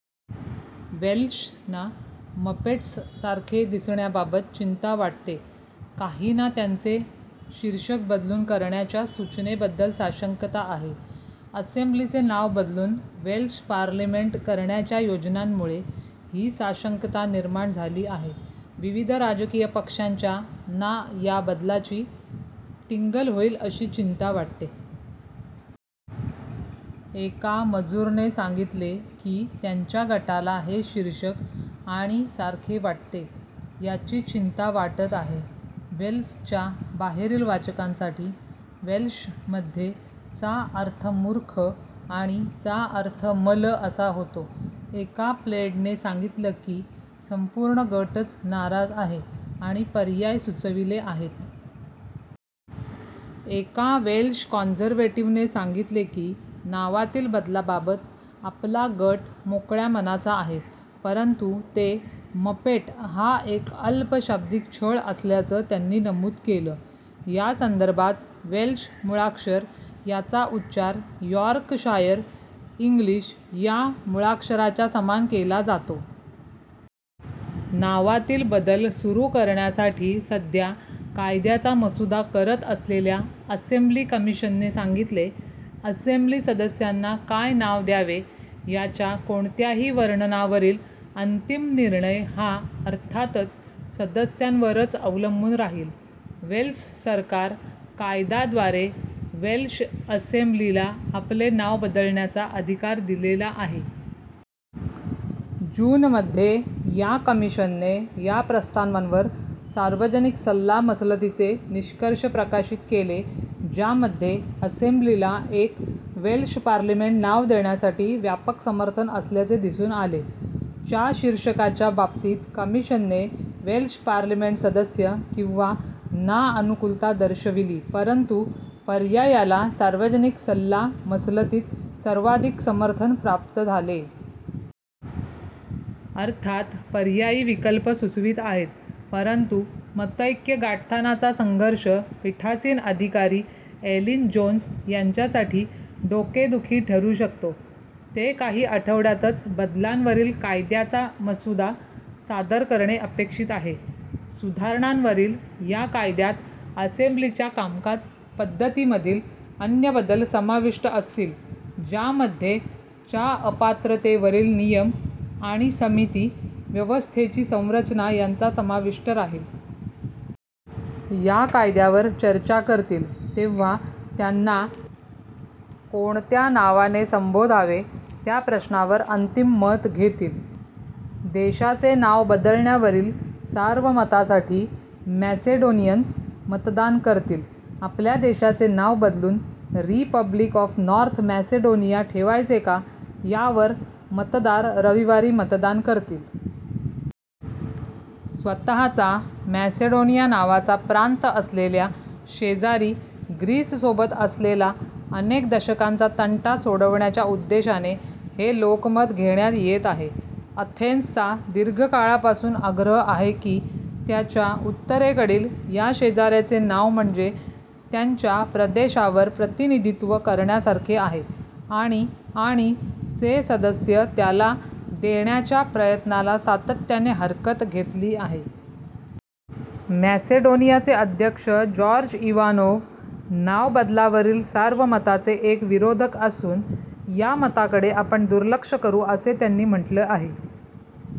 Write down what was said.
Welsh ना 'मपेट्ससारखे दिसण्याबाबत' चिंता वाटते काही ना त्यांचे शीर्षक बदलून करण्याच्या सूचनेबद्दल साशंकता आहे. असेंब्लीचे नाव बदलून वेल्श पार्लिमेंट करण्याच्या योजनांमुळे ही साशंकता निर्माण झाली आहे. विविध राजकीय पक्षांच्या ना या बदलाची टिंगल होईल अशी चिंता वाटते. एका मजूर ने सांगितले की त्यांच्या गटाला हे शीर्षक " आणि सारखे वाटते" याची चिंता वाटत आहे. वेल्सच्या बाहेरील वाचकांसाठी: वेल्शमध्ये चा अर्थ मूर्ख आणि चा अर्थ मल असा होतो. एका प्लेड ने सांगितलं की संपूर्ण गटच "नाराज आहे" आणि पर्याय सुचविले आहेत. एका वेल्श कॉन्झर्वेटिवने सांगितले की नावातील बदलाबाबत आपला गट "मोकळ्या मनाचा" आहे, परंतु ते मपेट हा एक अल्प शाब्दिक छळ असल्याचं त्यांनी नमूद केलं. या संदर्भात वेल्श मुळाक्षर याचा उच्चार यॉर्कशायर इंग्लिश या मुळाक्षराच्या समान केला जातो. नावातील बदल सुरु करण्यासाठी सध्या कायद्याचा मसुदा करत असलेल्या असेंब्ली कमिशनने सांगितले: "असेंब्ली सदस्यांना काय नाव द्यावे याच्या कोणत्याही वर्णनावरील अंतिम निर्णय हा अर्थातच सदस्यांवरच अवलंबून राहील. " वेल्स सरकार कायदा द्वारे वेल्श असेंब्लीला आपले नाव बदलण्याचा अधिकार दिलेला आहे. जूनमध्ये, या कमिशनने या प्रस्तावांवर सार्वजनिक सल्ला मसलतीचे निष्कर्ष प्रकाशित केले ज्यामध्ये असेंब्लीला एक वेल्श पार्लिमेंट नाव देण्यासाठी व्यापक समर्थन असल्याचे दिसून आले. च्या शीर्षकाच्या बाबतीत, कमिशनने वेल्श पार्लिमेंट सदस्य किंवा ना अनुकूलता दर्शविली, परंतु, पर्यायाला सार्वजनिक सल्ला मसलतीत सर्वाधिक समर्थन प्राप्त झाले. अर्थात पर्यायी विकल्प सुचवित आहेत, परंतु मतैक्य गाठतानाचा संघर्ष पीठासीन अधिकारी, एलिन जोन्स, यांच्यासाठी डोकेदुखी ठरु शकतो, ते काही आठवड्यातच बदलांवरील कायद्याचा मसुदा सादर करणे अपेक्षित आहे. सुधारणांवरील या कायद्यात असेंब्लीच्या कामकाज पद्धतीमधील अन्य बदल समाविष्ट असतील, ज्यामध्ये च्या अपात्रतेवरील नियम आणि समिती व्यवस्थेची संरचना यांचा समाविष्ट राहील. या कायद्यावर चर्चा करतील तेव्हा त्यांना कोणत्या नावाने संबोधावे त्या प्रश्नावर अंतिम मत घेतील. देशाचे नाव बदलण्यावरील सार्वमतासाठी मॅसेडोनियन्स मतदान करतील आपल्या देशाचे नाव बदलून "रिपब्लिक ऑफ नॉर्थ मॅसेडोनिया" ठेवायचे का यावर मतदार रविवारी मतदान करतील. स्वतःचा मॅसेडोनिया नावाचा प्रांत असलेल्या, शेजारी ग्रीससोबत असलेला अनेक दशकांचा तंटा सोडविण्याच्या उद्देशाने हे लोकमत घेण्यात येत आहे. अथेन्सचा दीर्घ काळापासून आग्रह आहे की त्याच्या उत्तरेकडील या शेजाऱ्याचे नाव म्हणजे त्यांच्या प्रदेशावर प्रतिनिधीत्व करण्यासारखे आहे आणि आणि चे सदस्य त्याला देण्याच्या प्रयत्नाला सातत्याने हरकत घेतली आहे. मॅसेडोनियाचे अध्यक्ष जॉर्ज इवानोव, नाव बदलावरील सार्वमताचे एक विरोधक असून, या मताकडे आपण दुर्लक्ष करु असे त्यांनी म्हटलं आहे.